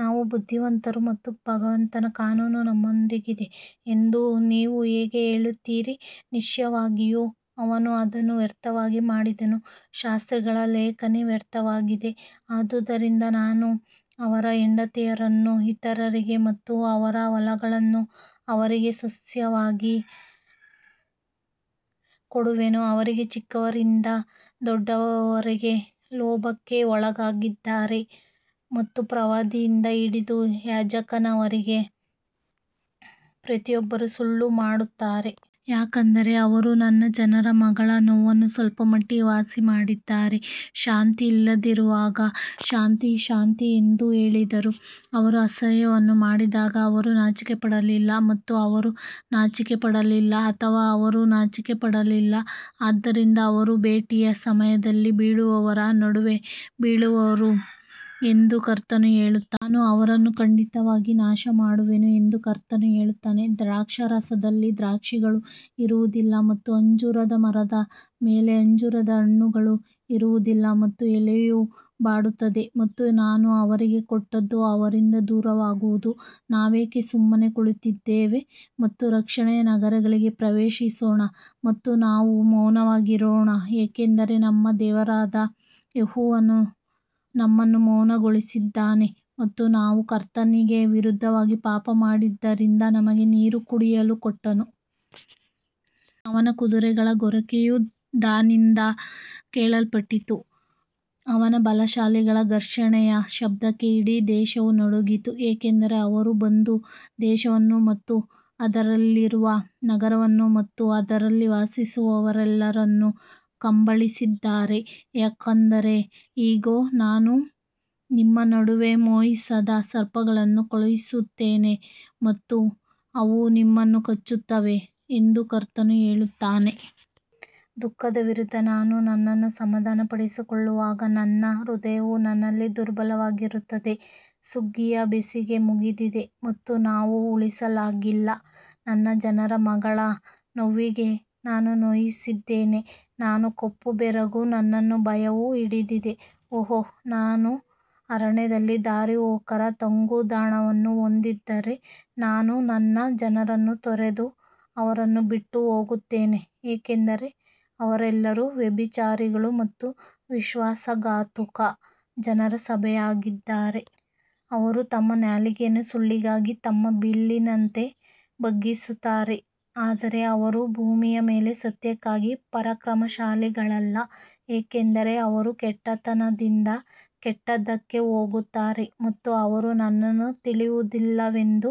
ನಾವು ಬುದ್ಧಿವಂತರು ಮತ್ತು ಭಗವಂತನ ಕಾನೂನು ನಮ್ಮೊಂದಿಗಿದೆ ಎಂದು ನೀವು ಹೇಗೆ ಹೇಳುತ್ತೀರಿ, ನಿಶ್ಚಯವಾಗಿಯೂ ಅವನು ಅದನ್ನು ವ್ಯರ್ಥವಾಗಿ ಮಾಡಿದನು, ಶಾಸ್ತ್ರಿಗಳ ಲೇಖನಿ ವ್ಯರ್ಥವಾಗಿದೆ. ಆದದರಿಂದ ನಾನು ಅವರ ಹೆಂಡತಿಯರನ್ನು ಇತರರಿಗೆ ಮತ್ತು ಅವರ ಹೊಲಗಳನ್ನು ಅವರಿಗೆ ಸ್ವಾಸ್ತ್ಯವಾಗಿ ಕೊಡುವೆನು, ಅವರಿಗೆ ಚಿಕ್ಕವರಿಂದ ದೊಡ್ಡವರವರೆಗೆ ಲೋಭಕ್ಕೆ ಒಳಗಾಗಿದ್ದಾರೆ ಮತ್ತು ಪ್ರವಾದಿಯಿಂದ ಹಿಡಿದು ಯಾಜಕನವರೆಗೆ ಪ್ರತಿಯೊಬ್ಬರೂ ಸುಳ್ಳು ಮಾಡುತ್ತಾರೆ. ಯಾಕಂದರೆ ಅವರು ನನ್ನ ಜನರ ಮಗಳ ನೋವನ್ನು ಸ್ವಲ್ಪಮಟ್ಟಿಗೆ ವಾಸಿಮಾಡಿದ್ದಾರೆ, ಶಾಂತಿ ಇಲ್ಲದಿರುವಾಗ ಶಾಂತಿ ಶಾಂತಿ ಎಂದು ಹೇಳಿದರು. ಅವರು ಅಸಹ್ಯವನ್ನು ಮಾಡಿದಾಗ ಅವರು ನಾಚಿಕೆಪಡಲಿಲ್ಲ ಮತ್ತು ಅವರು ನಾಚಿಕೆಪಡಲಿಲ್ಲ ಅಥವಾ ಅವರು ನಾಚಿಕೆಪಡಲಿಲ್ಲ, ಆದ್ದರಿಂದ ಅವರು ಭೇಟಿಯ ಸಮಯದಲ್ಲಿ ಬೀಳುವವರ ನಡುವೆ ಬೀಳುವರು ಎಂದು ಕರ್ತನು ಹೇಳುತ್ತಾನೆ. ನಾನು ಅವರನ್ನು ಖಂಡಿತವಾಗಿ ನಾಶಮಾಡುವೆನು ಎಂದು ಕರ್ತನು ಹೇಳುತ್ತಾನೆ, ದ್ರಾಕ್ಷಾರಸದಲ್ಲಿ ದ್ರಾಕ್ಷಿಗಳು ಇರುವುದಿಲ್ಲ ಮತ್ತು ಅಂಜೂರದ ಮರದ ಮೇಲೆ ಅಂಜೂರದ ಹಣ್ಣುಗಳು ಇರುವುದಿಲ್ಲ ಮತ್ತು ಎಲೆಯು ಬಾಡುತ್ತದೆ ಮತ್ತು ನಾನು ಅವರಿಗೆ ಕೊಟ್ಟದ್ದು ಅವರಿಂದ ದೂರವಾಗುವುದು. ನಾವೇಕೆ ಸುಮ್ಮನೆ ಕುಳಿತಿದ್ದೇವೆ ಮತ್ತು ರಕ್ಷಣೆಯ ನಗರಗಳಿಗೆ ಪ್ರವೇಶಿಸೋಣ ಮತ್ತು ನಾವು ಮೌನವಾಗಿರೋಣ, ಏಕೆಂದರೆ ನಮ್ಮ ದೇವರಾದ ಯೆಹೋವನು ನಮ್ಮನ್ನು ಮೌನಗೊಳಿಸಿದ್ದಾನೆ ಮತ್ತು ನಾವು ಕರ್ತನಿಗೆ ವಿರುದ್ಧವಾಗಿ ಪಾಪಮಾಡಿದ್ದರಿಂದ ನಮಗೆ ನೀರು ಕುಡಿಯಲು ಕೊಟ್ಟನು. ಅವನ ಕುದುರೆಗಳ ಗೊರಕೆಯು ದಾನ್ನಿಂದ ಕೇಳಲ್ಪಟ್ಟಿತು, ಅವನ ಬಲಶಾಲಿಗಳ ಘರ್ಷಣೆಯ ಶಬ್ದಕ್ಕೆ ಇಡೀ ದೇಶವು ನಡುಗಿತು, ಏಕೆಂದರೆ ಅವರು ಬಂದು ದೇಶವನ್ನು ಮತ್ತು ಅದರಲ್ಲಿರುವ ನಗರವನ್ನು ಮತ್ತು ಅದರಲ್ಲಿ ವಾಸಿಸುವವರೆಲ್ಲರನ್ನು ಕಬಳಿಸಿದ್ದಾರೆ. ಯಾಕಂದರೆ ಇಗೋ, ನಾನು ನಿಮ್ಮ ನಡುವೆ ಮೋಹಿಸದ ಸರ್ಪಗಳನ್ನು ಕಳುಹಿಸುತ್ತೇನೆ ಮತ್ತು ಅವು ನಿಮ್ಮನ್ನು ಕಚ್ಚುತ್ತವೆ ಎಂದು ಕರ್ತನು ಹೇಳುತ್ತಾನೆ. ದುಃಖದ ವಿರುದ್ಧ ನಾನು ನನ್ನನ್ನು ಸಮಾಧಾನಪಡಿಸಿಕೊಳ್ಳುವಾಗ ನನ್ನ ಹೃದಯವು ನನ್ನಲ್ಲಿ ದುರ್ಬಲವಾಗಿರುತ್ತದೆ, ಸುಗ್ಗಿಯ ಬೇಸಿಗೆ ಮುಗಿದಿದೆ ಮತ್ತು ನಾವು ಉಳಿಸಲಾಗಿಲ್ಲ, ನನ್ನ ಜನರ ಮಗಳ ನೋವಿಗೆ ನಾನು ನೋಯಿಸಿದ್ದೇನೆ, ನಾನು ಕಪ್ಪು ಬೆರಗು, ನನ್ನನ್ನು ಭಯವು ಹಿಡಿದಿದೆ. ಓಹ್, ನಾನು ಅರಣ್ಯದಲ್ಲಿ ದಾರಿಹೋಕರ ತಂಗುದಾಣವನ್ನು ಹೊಂದಿದ್ದರೆ, ನಾನು ನನ್ನ ಜನರನ್ನು ತೊರೆದು ಅವರನ್ನು ಬಿಟ್ಟು ಹೋಗುತ್ತೇನೆ, ಏಕೆಂದರೆ ಅವರೆಲ್ಲರೂ ವ್ಯಭಿಚಾರಿಗಳು ಮತ್ತು ವಿಶ್ವಾಸಘಾತುಕ ಜನರ ಸಭೆಯಾಗಿದ್ದಾರೆ. ಅವರು ತಮ್ಮ ನಾಲಿಗೆಯನ್ನು ಸುಳ್ಳಿಗಾಗಿ ತಮ್ಮ ಬಿಲ್ಲಿನಂತೆ ಬಗ್ಗಿಸುತ್ತಾರೆ, ಆದರೆ ಅವರು ಭೂಮಿಯ ಮೇಲೆ ಸತ್ಯಕ್ಕಾಗಿ ಪರಾಕ್ರಮಶಾಲಿಗಳಲ್ಲ, ಏಕೆಂದರೆ ಅವರು ಕೆಟ್ಟತನದಿಂದ ಕೆಟ್ಟದ್ದಕ್ಕೆ ಹೋಗುತ್ತಾರೆ ಮತ್ತು ಅವರು ನನ್ನನ್ನು ತಿಳಿದಿಲ್ಲವೆಂದು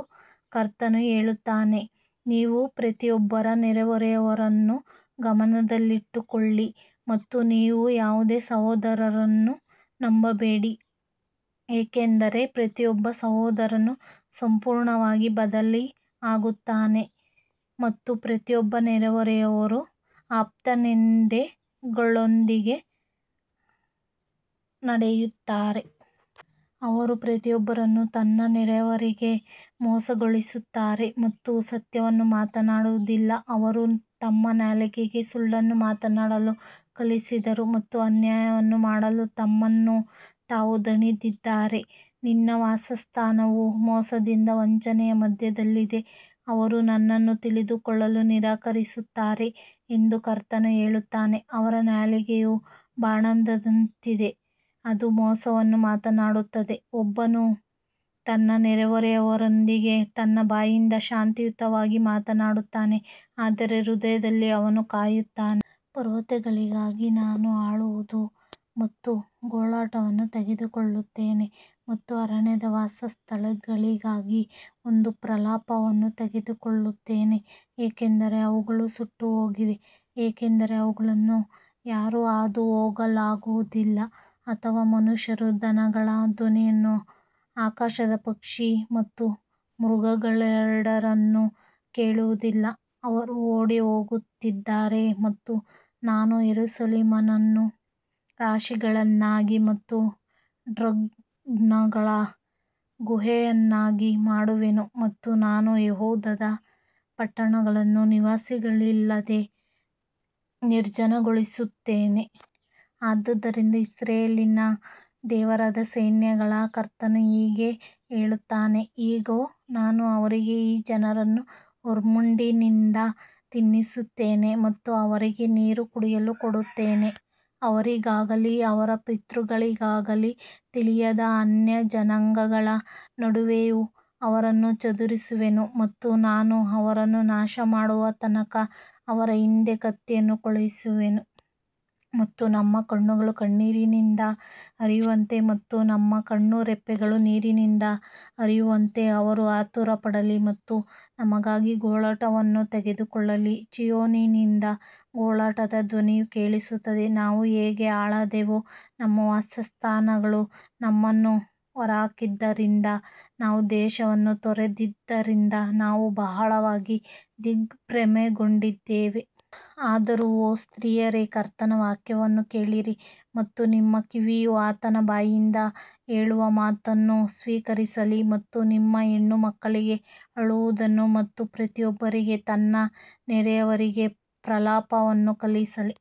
ಕರ್ತನು ಹೇಳುತ್ತಾನೆ. ನೀವು ಪ್ರತಿಯೊಬ್ಬರ ನೆರೆಹೊರೆಯವರನ್ನೂ ಗಮನದಲ್ಲಿಟ್ಟುಕೊಳ್ಳಿ ಮತ್ತು ನೀವು ಯಾವುದೇ ಸಹೋದರನನ್ನು ನಂಬಬೇಡಿ, ಏಕೆಂದರೆ ಪ್ರತಿಯೊಬ್ಬ ಸಹೋದರನು ಸಂಪೂರ್ಣವಾಗಿ ಬದಲಿಯಾಗುತ್ತಾನೆ ಮತ್ತು ಪ್ರತಿಯೊಬ್ಬ ನೆರೆಹೊರೆಯವರು ಅಪನಿಂದೆಗಳೊಂದಿಗೆ ನಡೆಯುತ್ತಾರೆ. ಅವರು ಪ್ರತಿಯೊಬ್ಬರನ್ನು ತನ್ನ ನೆರೆಯವರಿಗೆ ಮೋಸಗೊಳಿಸುತ್ತಾರೆ ಮತ್ತು ಸತ್ಯವನ್ನು ಮಾತನಾಡುವುದಿಲ್ಲ, ಅವರು ತಮ್ಮ ನಾಲಿಗೆಗೆ ಸುಳ್ಳನ್ನು ಮಾತನಾಡಲು ಕಲಿಸಿದರು ಮತ್ತು ಅನ್ಯಾಯವನ್ನು ಮಾಡಲು ತಮ್ಮನ್ನು ತಾವು ದಣಿದಿದ್ದಾರೆ. ನಿನ್ನ ವಾಸಸ್ಥಾನವು ಮೋಸದಿಂದ ವಂಚನೆಯ ಮಧ್ಯದಲ್ಲಿದೆ, ಅವರು ನನ್ನನ್ನು ತಿಳಿದುಕೊಳ್ಳಲು ನಿರಾಕರಿಸುತ್ತಾರೆ ಎಂದು ಕರ್ತನು ಹೇಳುತ್ತಾನೆ. ಅವರ ನಾಲಿಗೆಯು ಬಾಣದಂತಿದೆ, ಅದು ಮೋಸವನ್ನು ಮಾತನಾಡುತ್ತದೆ, ಒಬ್ಬನು ತನ್ನ ನೆರೆಹೊರೆಯವರೊಂದಿಗೆ ತನ್ನ ಬಾಯಿಂದ ಶಾಂತಿಯುತವಾಗಿ ಮಾತನಾಡುತ್ತಾನೆ, ಆದರೆ ಹೃದಯದಲ್ಲಿ ಅವನು ಕಾಯುತ್ತಾನೆ. ಪರ್ವತಗಳಿಗಾಗಿ ನಾನು ಅಳುವುದು ಮತ್ತು ಗೋಳಾಟವನ್ನು ತೆಗೆದುಕೊಳ್ಳುತ್ತೇನೆ ಮತ್ತು ಅರಣ್ಯದ ವಾಸಸ್ಥಳಗಳಿಗಾಗಿ ಒಂದು ಪ್ರಲಾಪವನ್ನು ತೆಗೆದುಕೊಳ್ಳುತ್ತೇನೆ, ಏಕೆಂದರೆ ಅವುಗಳು ಸುಟ್ಟುಹೋಗಿವೆ, ಏಕೆಂದರೆ ಅವುಗಳನ್ನು ಯಾರೂ ಹಾದು ಹೋಗಲಾಗುವುದಿಲ್ಲ ಅಥವಾ ಮನುಷ್ಯರು ದನಗಳ ಧ್ವನಿಯನ್ನು, ಆಕಾಶದ ಪಕ್ಷಿ ಮತ್ತು ಮೃಗಗಳೆರಡನ್ನೂ ಕೇಳುವುದಿಲ್ಲ. ಅವರು ಓಡಿಹೋಗಿದ್ದಾರೆ ಮತ್ತು ನಾನು ಯೆರೂಸಲೇಮನ್ನು ರಾಶಿಗಳನ್ನಾಗಿ ಮತ್ತು ಡ್ರ್ಯಾಗನ್ಗಳ ಗುಹೆಯನ್ನಾಗಿ ಮಾಡುವೆನು ಮತ್ತು ನಾನು ಯೆಹೂದದ ಪಟ್ಟಣಗಳನ್ನು ನಿವಾಸಿಗಳಿಲ್ಲದೆ ನಿರ್ಜನಗೊಳಿಸುತ್ತೇನೆ. ಆದದರಿಂದ ಇಸ್ರಾಯೇಲಿನ ದೇವರಾದ ಸೈನ್ಯಗಳ ಕರ್ತನು ಹೀಗೆ ಹೇಳುತ್ತಾನೆ, ಇಗೋ, ನಾನು ಅವರಿಗೆ ಈ ಜನರನ್ನೂ ವರ್ಮ್ವುಡ್ನಿಂದ ತಿನ್ನಿಸುತ್ತೇನೆ ಮತ್ತು ಅವರಿಗೆ ನೀರು ಕುಡಿಯಲು ಕೊಡುತ್ತೇನೆ. ಅವರಿಗಾಗಲಿ ಅವರ ಪಿತೃಗಳಿಗಾಗಲಿ ತಿಳಿಯದ ಅನ್ಯಜನಾಂಗಗಳ ನಡುವೆಯೂ ಅವರನ್ನು ಚದುರಿಸುವೆನು ಮತ್ತು ನಾನು ಅವರನ್ನು ನಾಶಮಾಡುವ ತನಕ ಅವರ ಹಿಂದೆ ಕತ್ತಿಯನ್ನು ಕಳುಹಿಸುವೆನು. ಮತ್ತು ನಮ್ಮ ಕಣ್ಣುಗಳು ಕಣ್ಣೀರಿನಿಂದ ಹರಿಯುವಂತೆ ಮತ್ತು ನಮ್ಮ ಕಣ್ಣುರೆಪ್ಪೆಗಳು ನೀರಿನಿಂದ ಹರಿಯುವಂತೆ ಅವರು ಆತುರಪಡಲಿ ಮತ್ತು ನಮಗಾಗಿ ಗೋಳಾಟವನ್ನು ತೆಗೆದುಕೊಳ್ಳಲಿ. ಚೀಯೋನಿನಿಂದ ಗೋಳಾಟದ ಧ್ವನಿಯು ಕೇಳಿಸುತ್ತದೆ, ನಾವು ಹೇಗೆ ಹಾಳಾದೆವು, ನಮ್ಮ ವಾಸಸ್ಥಾನಗಳು ನಮ್ಮನ್ನು ಹೊರಹಾಕಿದ್ದರಿಂದ ನಾವು ದೇಶವನ್ನು ತೊರೆದಿದ್ದರಿಂದ ನಾವು ಬಹಳವಾಗಿ ದಿಗ್ಭ್ರಮೆಗೊಂಡಿದ್ದೇವೆ. ಆದರೂ ಓ ಸ್ತ್ರೀಯರೇ, ಕರ್ತನ ವಾಕ್ಯವನ್ನು ಕೇಳಿರಿ ಮತ್ತು ನಿಮ್ಮ ಕಿವಿಯು ಆತನ ಬಾಯಿಂದ ಹೇಳುವ ಮಾತನ್ನು ಸ್ವೀಕರಿಸಲಿ ಮತ್ತು ನಿಮ್ಮ ಹೆಣ್ಣುಮಕ್ಕಳಿಗೆ ಅಳುವುದನ್ನು ಮತ್ತು ಪ್ರತಿಯೊಬ್ಬರಿಗೂ ತನ್ನ ನೆರೆಯವರಿಗೆ ಪ್ರಲಾಪವನ್ನು ಕಲಿಸಲಿ.